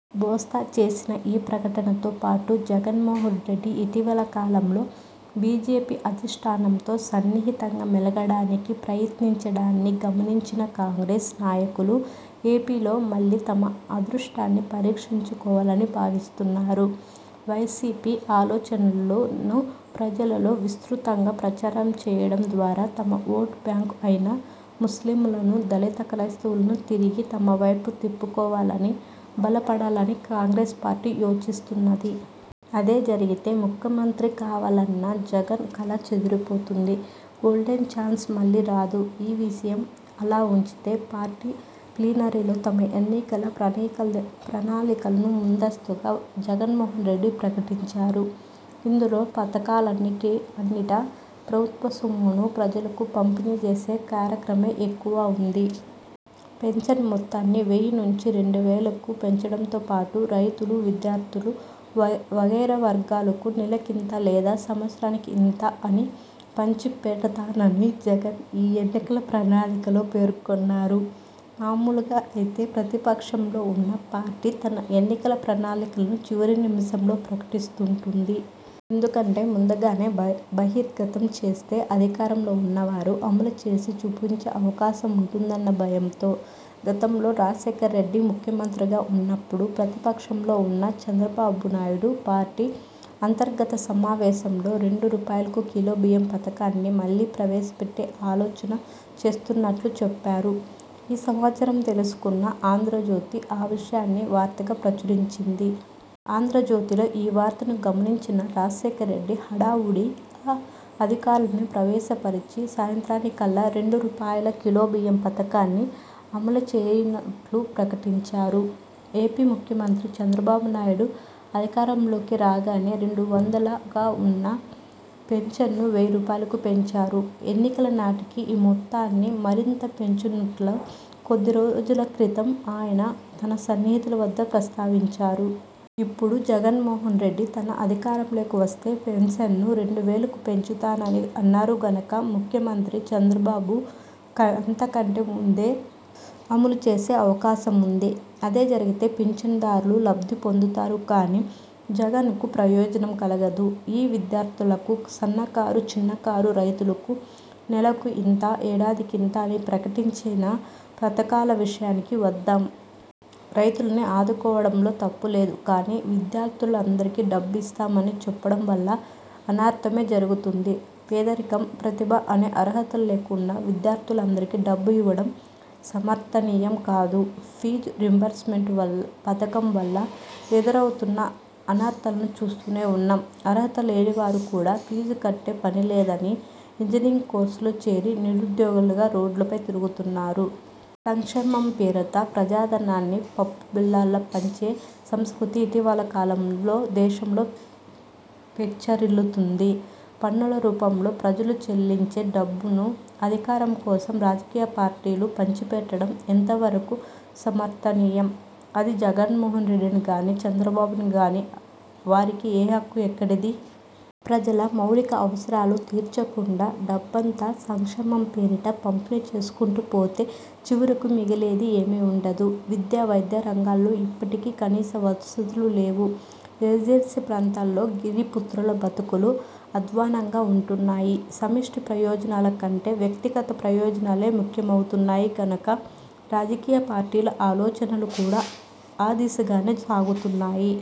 బొత్స చేసిన ఈ ప్రకటనతో పాటు జగన్మోహన్రెడ్డి ఇటీవలి కాలంలో బీజేపీ అధిష్ఠానంతో సన్నిహితంగా మెలగడానికి ప్రయత్నించడాన్ని గమనించిన కాంగ్రెస్ నాయకులు ఏపీలో మళ్లీ తమ అదృష్టాన్ని పరీక్షించుకోవాలని భావిస్తున్నారు. వైసీపీ ఆలోచనలను ప్రజలలో విస్తృతంగా ప్రచారం చేయడం ద్వారా తమ ఓటు బ్యాంకు అయిన ముస్లింలను, దళిత క్రైస్తవులను తిరిగి తమవైపు తిప్పుకొని బలపడాలని కాంగ్రెస్ పార్టీ యోచిస్తున్నది. అదే జరిగితే ముఖ్యమంత్రి కావాలన్న జగన్ కల చెదిరిపోతుంది. గోల్డెన్ చాన్స్ మళ్లీ రాదు! ఈ విషయం అలా ఉంచితే పార్టీ ప్లీనరీలో తమ ఎన్నికల ప్రణాళికను ముందస్తుగా జగన్మోహన్రెడ్డి ప్రకటించారు. ఇందులో పథకాలన్నిటా ప్రభుత్వ సొమ్మును ప్రజలకు పంపిణీ చేసే కార్యక్రమమే ఎక్కువ ఉంది. పెన్షన్ మొత్తాన్ని వెయ్యి నుంచి రెండు వేలకు పెంచడంతోపాటు రైతులు, విద్యార్థులు వగైరా వర్గాలకు నెలకింత లేదా సంవత్సరానికి ఇంత అని పంచి పెడతానని జగన్ ఈ ఎన్నికల ప్రణాళికలో పేర్కొన్నారు. మామూలుగా అయితే ప్రతిపక్షంలో ఉన్న పార్టీ తన ఎన్నికల ప్రణాళికను చివరి నిముషంలో ప్రకటిస్తుంటుంది. ఎందుకంటే ముందుగానే బహిర్గతం చేస్తే అధికారంలో ఉన్నవారు అమలుచేసి చూపించే అవకాశం ఉంటుందన్న భయంతో! గతంలో రాజశేఖర్రెడ్డి ముఖ్యమంత్రిగా ఉన్నప్పుడు ప్రతిపక్షంలో ఉన్న చంద్రబాబు నాయుడు పార్టీ అంతర్గత సమావేశంలో రెండు రూపాయలకు కిలో బియ్యం పథకాన్ని మళ్లీ ప్రవేశపెట్టే ఆలోచన చేస్తున్నట్టు చెప్పారు. ఈ సమాచారం తెలుసుకున్న 'ఆంధ్రజ్యోతి' ఆ విషయాన్ని వార్తగా ప్రచురించింది. 'ఆంధ్రజ్యోతి'లో ఈ వార్తను గమనించిన రాజశేఖర్రెడ్డి హడావుడిగా అధికారులను ప్రవేశపరచి సాయంత్రానికల్లా రెండు రూపాయల కిలో బియ్యం పథకాన్ని అమలుచేయనున్నట్టు ప్రకటించారు. ఏపీ ముఖ్యమంత్రి చంద్రబాబు నాయుడు అధికారంలోకి రాగానే రెండు వందలుగా ఉన్న పెన్షన్ను వెయ్యి రూపాయలకు పెంచారు. ఎన్నికల నాటికి ఈ మొత్తాన్ని మరింత పెంచనున్నట్టు కొద్ది రోజుల క్రితం ఆయన తన సన్నిహితుల వద్ద ప్రస్తావించారు. ఇప్పుడు జగన్మోహన్రెడ్డి తాను అధికారంలోకి వస్తే పెన్షన్ను రెండు వేలకు పెంచుతానని అన్నారు కనుక ముఖ్యమంత్రి చంద్రబాబు అంతకంటే ముందే అమలుచేసే అవకాశం ఉంది. అదే జరిగితే పింఛన్దారులు లబ్ధి పొందుతారు కానీ జగన్కు ప్రయోజనం కలగదు. ఇక విద్యార్థులకు, సన్నకారు– చిన్నకారు రైతులకు నెలకు ఇంత, ఏడాదికి ఇంత అని ప్రకటించిన పథకాల విషయానికి వద్దాం. రైతులను ఆదుకోవడంలో తప్పు లేదు గానీ విద్యార్థులందరికీ డబ్బు ఇస్తామని చెప్పడం వల్ల అనర్థమే జరుగుతుంది. పేదరికం, ప్రతిభ అనే అర్హతలు లేకుండా విద్యార్థులందరికీ డబ్బు ఇవ్వడం సమర్థనీయం కాదు. ఫీజు రీయింబర్స్మెంట్ పథకం వల్ల ఎదురవుతున్న అనర్థాలను చూస్తూనే ఉన్నాం. అర్హత లేనివారు కూడా ఫీజు కట్టే పనిలేదని ఇంజనీరింగ్ కోర్సులో చేరి నిరుద్యోగులుగా రోడ్లపై తిరుగుతున్నారు. సంక్షేమం పేరిట ప్రజాధనాన్ని పప్పు బెల్లాలుగా పంచే సంస్కృతి ఇటీవలి కాలంలో దేశంలో పెచ్చరిల్లుతోంది. పన్నుల రూపంలో ప్రజలు చెల్లించే డబ్బును అధికారం కోసం రాజకీయ పార్టీలు పంచిపెట్టడం ఎంత వరకు సమర్థనీయం? అది జగన్మోహన్రెడ్డి గానీ, చంద్రబాబు గానీ వారికి ఏ హక్కు ఎక్కడిది? ప్రజల మౌలిక అవసరాలు తీర్చకుండా డబ్బంతా సంక్షేమం పేరిట పంపిణీ చేసుకుంటూ పోతే చివరకు మిగిలేది ఏమీ ఉండదు. విద్య, వైద్య రంగాలలో ఇప్పటికీ కనీస వసతులు లేవు. ఏజెన్సీ ప్రాంతాలలో గిరిపుత్రుల బతుకులు అధ్వాన్నంగా ఉంటున్నాయి. సమష్టి ప్రయోజనాల కంటే వ్యక్తిగత ప్రయోజనాలే ముఖ్యమవుతున్నాయి కనుక రాజకీయ పార్టీల ఆలోచనలు కూడా ఆ దిశగానే సాగుతున్నాయి.